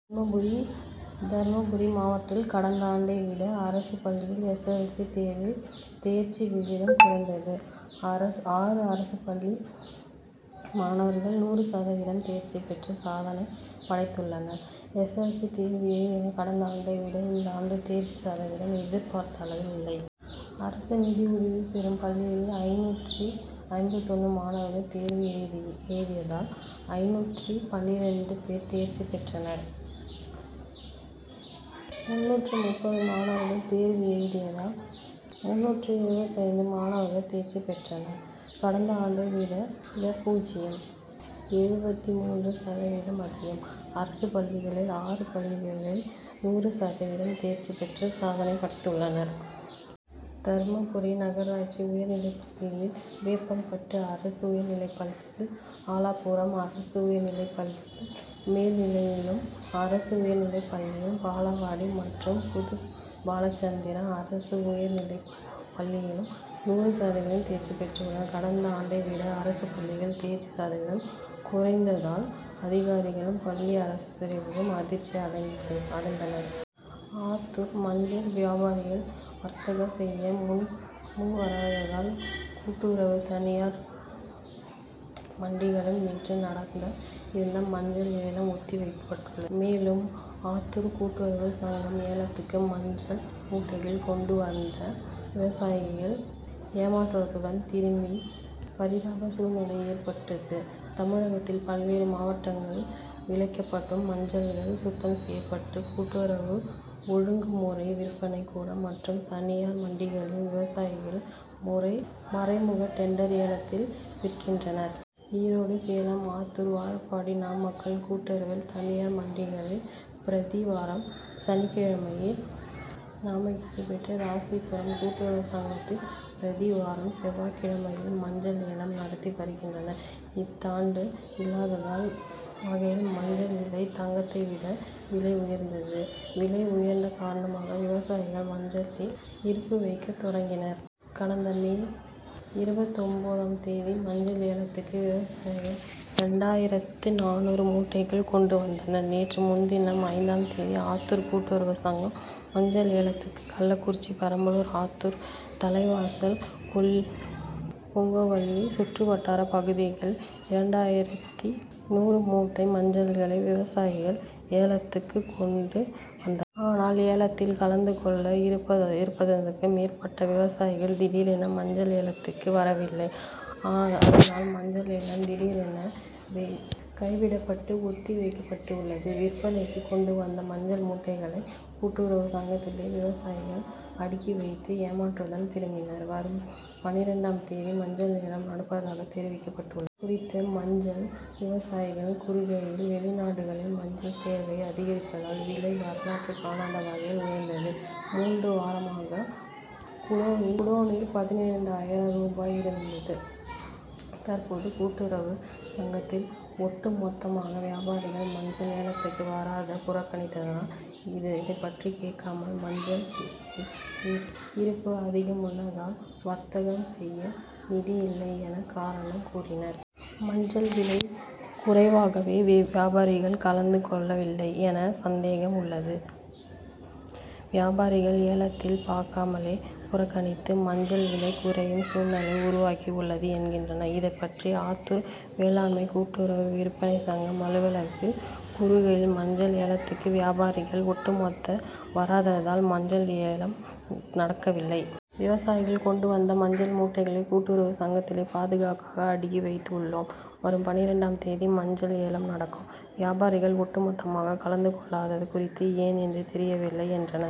தர்மபுரி தர்மபுரி மாவட்டத்தில் கடந்தாண்டை விட அரசு பள்ளிகள் எஸ். எஸ். எல். ஸி. தேர்வில் தேர்ச்சி விகிதம் குறைந்தது. ஆறு அரசு பள்ளி மாணவர்கள் நூறு சதவீதம் தேர்ச்சி பெற்று சாதனை படைத்துள்ளனர். எஸ். எல். ஸி. தேர்வு எழுதினர். கடந்தாண்டை வித இந்தாண்டு தேர்ச்சி சதவீதம் எதிர்பார்த்த அளவில் இல்லை. அரசு நிதியுதவி பெறும் பள்ளிகளில் ஐந்நூற்று ஐம்பத்தேழு மாணவர்கள் தேர்வு எழுதியதில், ஐந்நூற்று பன்னிரண்டு பேர் தேர்ச்சி பெற்றனர். முந்நூற்று நாற்பது மாணவிகள் தேர்வு எழுதியதில், முந்நூற்று இருபத்தைந்து மாணவிகள் தேர்ச்சி பெற்றனர். கடந்தாண்டை விட பூஜ்ஜியம். எழுபத்து மூன்று சதவீதம் அதிகம். அரசு பள்ளிகளில் ஆறு பள்ளிகள் நூறு சதவீதம் தேர்ச்சி பெற்று சாதனை படைத்துள்ளனர். தர்மபுரி நகராட்சி உயர்நிலைப்பள்ளி, வேப்பம்பட்டி அரசு உயர்நிலைப்பள்ளி, ஆலாபுரம் அரசு உயர்நிலைப்பள்ளி, மேல்மொளையனூர் அரசு உயர்நிலைப்பள்ளி, பாலவாடி மற்றும் புதுபாலசமுத்திரம் அரசு உயர்நிலைப்பள்ளிகள் நூறு சதவீதம் தேர்ச்சி பெற்றுள்ளது. கடந்தாண்டை விட அரசு பள்ளிகள் தேர்ச்சி சதவீதம் குறைந்துள்ளதால், அதிகாரிகளும், பள்ளி ஆசிரியர்களும் அதிர்ச்சி அடைந்துள்ளனர். ஆத்தூர் மஞ்சள் வியாபாரிகள் வர்த்தகம் செய்ய முன்வராததால் கூட்டுறவு, தனியார் மண்டிகளில் நேற்று நடக்க இருந்த மஞ்சள் ஏலம் ஒத்திவைக்கபட்டுள்ளது. மேலும், ஆத்தூர் கூட்டுறவு சங்க ஏலத்துக்கு மஞ்சள் மூட்டைகளை கொண்டு வந்த விவசாயிகள் ஏமாற்றத்துடன் திரும்பும் பரிதாப சூழல் ஏற்பட்டது. தமிழகத்தில் பல்வேறு மாவட்டங்களில் விளைவிக்கப்படும் மஞ்சள் சுத்தம் செய்யப்பட்டு கூட்டுறவு, ஒழுங்கு முறை விற்பனை கூடம் மற்றும் தனியார் மண்டிகளில் விவசாயிகள் மறைமுக டெண்டர் ஏலத்தில் விற்கின்றனர். ஈரோடு, சேலம், ஆத்தூர், வாழப்பாடி, நாமக்கல் கூட்டுறவு, தனியார் மண்டிகளில் பிரதி வாரம் சனிக்கிழமையும், நாமகிரிபேட்டை, ராசிபுரம் கூட்டுறவு சங்கத்தில் பிரதி வாரம் செவ்வாய்கிழமையிலும் மஞ்சள் ஏலம் நடந்து வருகிறது. எந்தாண்டும் இல்லாத வகையில் மஞ்சள் விலை தங்கத்தை விட விலை உயர்ந்துள்ளது. விலை உயர்வு காரணமாக விவசாயிகள் மஞ்சளை இருப்பு வைக்க துவங்கினர். கடந்த மே இருபத்தொன்பதாம் தேதி மஞ்சள் ஏலத்துக்கு விவசாயிகள் இரண்டாயிரத்து நானூறு மூட்டைகள் கொண்டு வந்தனர். நேற்று முன்தினம் ஐந்தாம் தேதி ஆத்தூர் கூட்டுறவு சங்க மஞ்சள் ஏலத்துக்கு கள்ளக்குறிச்சி, பெரம்பலூர், ஆத்தூர், தலைவாசல், கெங்கவல்லி சுற்றுவட்டார பகுதிகளிலிருந்து இரண்டாயிரத்து நூறு மூட்டை மஞ்சளை விவசாயிகள் ஏலத்துக்கு கொண்டு வந்தனர். ஆனால், ஏலத்தில் கலந்து கொள்ளும் இருபத்தைந்துக்கும் மேற்பட்ட வியாபாரிகள் திடீரென மஞ்சள் ஏலத்துக்கு வரவில்லை. அதனால், மஞ்சள் ஏலம் திடீரென கைவிடப்பட்டு ஒத்தி வைக்கப்பட்டுள்ளது. விற்பனைக்கு கொண்டு வந்த மஞ்சள் மூட்டைகளை கூட்டுறவு சங்கத்தில் விவசாயிகள் அடுக்கி வைத்து ஏமாற்றத்துடன் திரும்பினர். வரும் பன்னிரண்டாம் தேதி மஞ்சள் ஏலம் நடப்பதாக தெரிவிக்கப்பட்டுள்ளது. இது குறித்து மஞ்சள் விவசாயிகள் கூறுகையில், வெளிநாடுகளில் மஞ்சள் தேவை அதிகரிப்பால் விலை வரலாறு காணாத வகையில் உயர்ந்தது. மூன்று வாரமாக குவிண்டால் பதினாறாயிரம் ரூபாய் இருந்தது. தற்போது கூட்டுறவு சங்கத்துக்கு ஒட்டு மொத்தமாக வியாபாரிகள் மஞ்சள் ஏலத்துக்கு வராமல் புறக்கணித்துள்ளனர். அதுபற்றி கேட்டால் மஞ்சள் இருப்பு அதிகம் உள்ளதால், வர்த்தகம் செய்ய நிதி இல்லை என, காரணம் கூறுகின்றனர். மஞ்சள் விலை குறைக்கவே வியாபாரிகள் கலந்து கொள்ளவில்லை என்ற சந்தேகம் உள்ளது. வியாபாரிகள் ஏலத்தில் பங்கேற்காமல் புறக்கணித்தது மஞ்சள் விலை குறையும் சூழல் உருவாகியுள்ளது என்றார். இது பற்றி ஆத்தூர் வேளாண்மை கூட்டுறவு விற்பனை சங்க அலுவலர்கள் கூறுகையில் மஞ்சள் ஏலத்துக்கு வியாபாரிகள் ஒட்டு மொத்தமாக வராததால், மஞ்சள் ஏலம் நடக்கவில்லை. விவசாயிகள் கொண்டு வந்த மஞ்சள் மூட்டைகளை கூட்டுறவு சங்கத்தில் பாதுகாப்பாக அடுக்கி வைத்துள்ளோம். வரும் பன்னிரண்டாம் தேதி மஞ்சள் ஏலம் நடக்கும். வியாபாரிகள் ஒட்டு மொத்தமாக கலந்து கொள்ளாதது குறித்து ஏன் என்று தெரியவில்லை, என்றனர்.